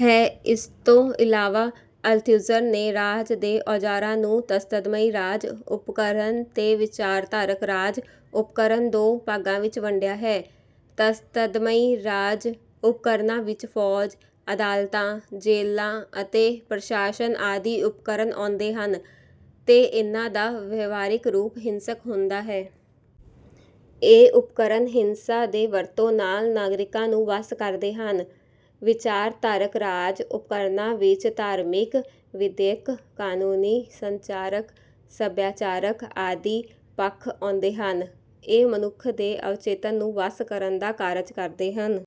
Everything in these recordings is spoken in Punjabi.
ਹੈ। ਇਸ ਤੋਂ ਇਲਾਵਾ ਅਲਥਿਊਜ਼ਰ ਨੇ ਰਾਜ ਦੇ ਔਜ਼ਾਰਾਂ ਨੂੰ ਤਸ਼ੱਦਦਮਈ ਰਾਜ-ਉਪਕਰਨ ਤੇ ਵਿਚਾਰਧਾਰਕ ਰਾਜ-ਉਪਕਰਨ ਦੋ ਭਾਗਾਂ ਵਿੱਚ ਵੰਡਿਆ ਹੈ। ਤਸ਼ੱਦਦਮਈ ਰਾਜ-ਉਪਕਰਨਾਂ ਵਿੱਚ ਫ਼ੌਜ, ਅਦਾਲਤਾਂ, ਜੇਲ੍ਹਾਂ ਅਤੇ ਪ੍ਰਸ਼ਾਸਨ ਆਦਿ ਉਪਕਰਨ ਆਉਂਦੇ ਹਨ, ਤੇ ਇਨ੍ਹਾਂ ਦਾ ਵਿਵਹਾਰਿਕ ਰੂਪ ਹਿੰਸਕ ਹੁੰਦਾ ਹੈ। ਇਹ ਉਪਕਰਨ ਹਿੰਸਾ ਦੀ ਵਰਤੋਂ ਨਾਲ ਨਾਗਰਿਕਾਂ ਨੂੰ ਵੱਸ ਕਰਦੇ ਹਨ। ਵਿਚਾਰਧਾਰਕ ਰਾਜ-ਉਪਕਰਨਾਂ ਵਿੱਚ ਧਾਰਮਿਕ, ਵਿੱਦਿਅਕ, ਕਾਨੂੰਨੀ, ਸੰਚਾਰਕ, ਸਭਿਆਚਾਰਕ ਆਦਿ ਪੱਖ ਆਉਂਦੇ ਹਨ। ਇਹ ਮਨੁੱਖ ਦੇ ਅਵਚੇਤਨ ਨੂੰ ਵੱਸ ਕਰਨ ਦਾ ਕਾਰਜ ਕਰਦੇ ਹਨ।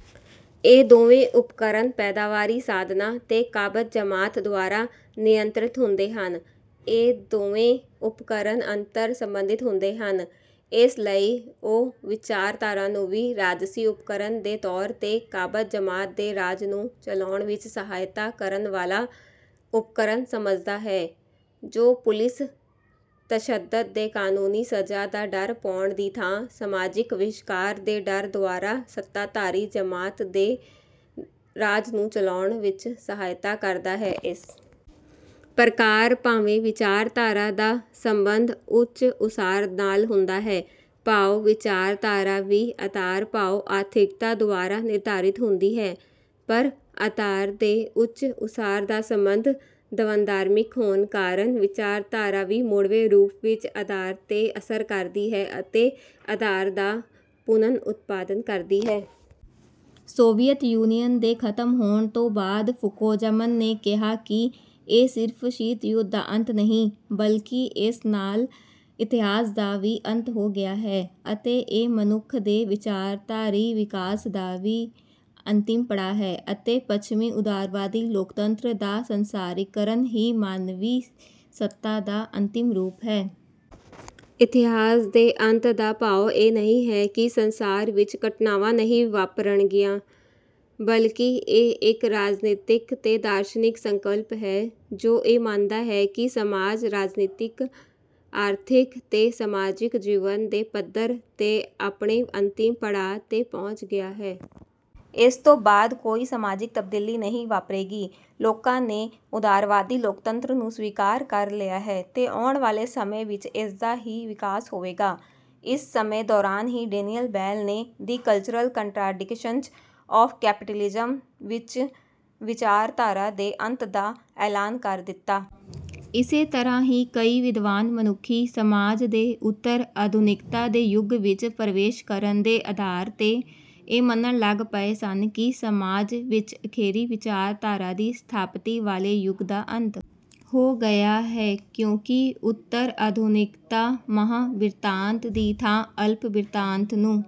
ਇਹ ਦੋਵੇਂ ਉਪਕਰਨ ਪੈਦਾਵਾਰੀ ਸਾਧਨਾਂ 'ਤੇ ਕਾਬਜ਼ ਜਮਾਤ ਦੁਆਰਾ ਨਿਯੰਤ੍ਰਿਤ ਹੁੰਦੇ ਹਨ। ਇਹ ਦੋਵੇਂ ਉਪਕਰਨ ਅੰਤਰ-ਸੰਬੰਧਿਤ ਹੁੰਦੇ ਹਨ। ਇਸ ਲਈ ਉਹ 'ਵਿਚਾਰਧਾਰਾ ਨੂੰ ਵੀ ਰਾਜਸੀ ਉਪਕਰਨ ਦੇ ਤੌਰ 'ਤੇ ਕਾਬਜ਼ ਜਮਾਤ ਦੇ ਰਾਜ ਨੂੰ ਚਲਾਉਣ ਵਿੱਚ ਸਹਾਇਤਾ ਕਰਨ ਵਾਲਾ ਉਪਕਰਨ ਸਮਝਦਾ ਹੈ, ਜੋ ਪੁਲਿਸ-ਤਸ਼ੱਦਦ ਤੇ ਕਾਨੂੰਨੀ ਸਜ਼ਾ ਦਾ ਡਰ ਪਾਉਣ ਦੀ ਥਾਂ ਸਮਾਜਿਕ ਵਹਿਸ਼ਕਾਰ ਦੇ ਡਰ ਦੁਆਰਾ ਸੱਤਾਧਾਰੀ ਜਮਾਤ ਦੇ ਰਾਜ ਨੂੰ ਚਲਾਉਣ ਵਿੱਚ ਸਹਾਇਤਾ ਕਰਦਾ ਹੈ। ਇਸ ਪ੍ਰਕਾਰ ਭਾਵੇਂ ਵਿਚਾਰਧਾਰਾ ਦਾ ਸੰਬੰਧ ਉੱਚ-ਉਸਾਰ ਨਾਲ ਹੁੰਦਾ ਹੈ, ਭਾਵ ਵਿਚਾਰਧਾਰਾ ਵੀ ਆਧਾਰ ਭਾਵ ਆਰਥਿਕਤਾ ਦੁਆਰਾ ਨਿਰਧਾਰਿਤ ਹੁੰਦੀ ਹੈ, ਪਰ ਆਧਾਰ ਤੇ ਉੱਚ-ਉਸਾਰ ਦਾ ਸੰਬੰਧ ਦਵੰਦਾਤਮਿਕ ਹੋਣ ਕਾਰਨ ਵਿਚਾਰਧਾਰਾ ਵੀ ਮੋੜਵੇਂ ਰੂਪ ਵਿੱਚ ਆਧਾਰ 'ਤੇ ਅਸਰ ਕਰਦੀ ਹੈ ਅਤੇ ਆਧਾਰ ਦਾ ਪੁਨਰ-ਉਤਪਾਦਨ ਕਰਦੀ ਹੈ। ਸੋਵੀਅਤ ਯੂਨੀਅਨ ਦੇ ਖ਼ਤਮ ਹੋਣ ਤੋਂ ਬਾਅਦ ਫੂਕੋਜਾਮਾ ਨੇ ਕਿਹਾ ਕਿ "ਇਹ ਸਿਰਫ਼ ਸ਼ੀਤ ਯੁੱਧ ਦਾ ਅੰਤ ਨਹੀਂ, ਬਲਕਿ ਇਸ ਨਾਲ ਇਤਿਹਾਸ ਦਾ ਵੀ ਅੰਤ ਹੋ ਗਿਆ ਹੈ, ਅਤੇ ਇਹ ਮਨੁੱਖ ਦੇ ਵਿਚਾਰਧਾਰਾਈ ਵਿਕਾਸ ਦਾ ਵੀ ਅੰਤਿਮ ਪੜਾਅ ਹੈ, ਅਤੇ ਪੱਛਮੀ ਉਦਾਰਵਾਦੀ ਲੋਕਤੰਤਰ ਦਾ ਸੰਸਾਰੀਕਰਨ ਹੀ ਮਾਨਵੀ ਸੱਤਾ ਦਾ ਅੰਤਿਮ ਰੂਪ ਹੈ।" ਇਤਿਹਾਸ ਦੇ ਅੰਤ ਦਾ ਭਾਵ ਇਹ ਨਹੀਂ ਹੈ ਕਿ ਸੰਸਾਰ ਵਿੱਚ ਘਟਨਾਵਾਂ ਨਹੀਂ ਵਾਪਰਨਗੀਆਂ। ਬਲਕਿ ਇਹ ਇੱਕ ਰਾਜਨੀਤਿਕ ਤੇ ਦਾਰਸ਼ਨਿਕ ਸੰਕਲਪ ਹੈ, ਜੋ ਇਹ ਮੰਨਦਾ ਹੈ ਕਿ ਸਮਾਜ ਰਾਜਨੀਤਿਕ, ਆਰਥਿਕ ਤੇ ਸਮਾਜਿਕ ਜੀਵਨ ਦੇ ਪੱਧਰ 'ਤੇ ਆਪਣੇ ਅੰਤਿਮ ਪੜਾਅ 'ਤੇ ਪਹੁੰਚ ਗਿਆ ਹੈ। ਇਸ ਤੋਂ ਬਾਅਦ ਕੋਈ ਸਮਾਜਿਕ ਤਬਦੀਲੀ ਨਹੀਂ ਵਾਪਰੇਗੀ। ਲੋਕਾਂ ਨੇ ਉਦਾਰਵਾਦੀ ਲੋਕਤੰਤਰ ਨੂੰ ਸਵੀਕਾਰ ਕਰ ਲਿਆ ਹੈ, ਤੇ ਆਉਣ ਵਾਲੇ ਸਮੇਂ ਵਿੱਚ ਇਸ ਦਾ ਹੀ ਵਿਕਾਸ ਹੋਵੇਗਾ। ਇਸ ਸਮੇਂ ਦੌਰਾਨ ਹੀ ਡੇਨੀਅਲ ਬੈੱਲ ਨੇ 'the cultural contradictions of capitalism' ਵਿੱਚ ਵਿਚਾਰਧਾਰਾ ਦੇ ਅੰਤ ਦਾ ਐਲਾਨ ਕਰ ਦਿੱਤਾ। ਇਸੇ ਤਰ੍ਹਾਂ ਹੀ ਕਈ ਵਿਦਵਾਨ ਮਨੁੱਖੀ ਸਮਾਜ ਦੇ ਉਤਰ-ਆਧੁਨਿਕਤਾ ਦੇ ਯੁੱਗ ਵਿੱਚ ਪ੍ਰਵੇਸ਼ ਕਰਨ ਦੇ ਆਧਾਰ 'ਤੇ ਇਹ ਮੰਨਣ ਲੱਗ ਪਏ ਸਨ ਕਿ ਸਮਾਜ ਵਿੱਚ ਇਕਹਿਰੀ ਵਿਚਾਰਧਾਰਾ ਦੀ ਸਥਾਪਤੀ ਵਾਲੇ ਯੁੱਗ ਦਾ ਅੰਤ ਹੋ ਗਿਆ ਹੈ, ਕਿਉਂਕਿ ਉਤਰ-ਆਧੁਨਿਕਤਾ ਮਹਾਂ-ਬਿਰਤਾਂਤ ਦੀ ਥਾਂ ਅਲਪ-ਬਿਰਤਾਂਤ ਨੂੰ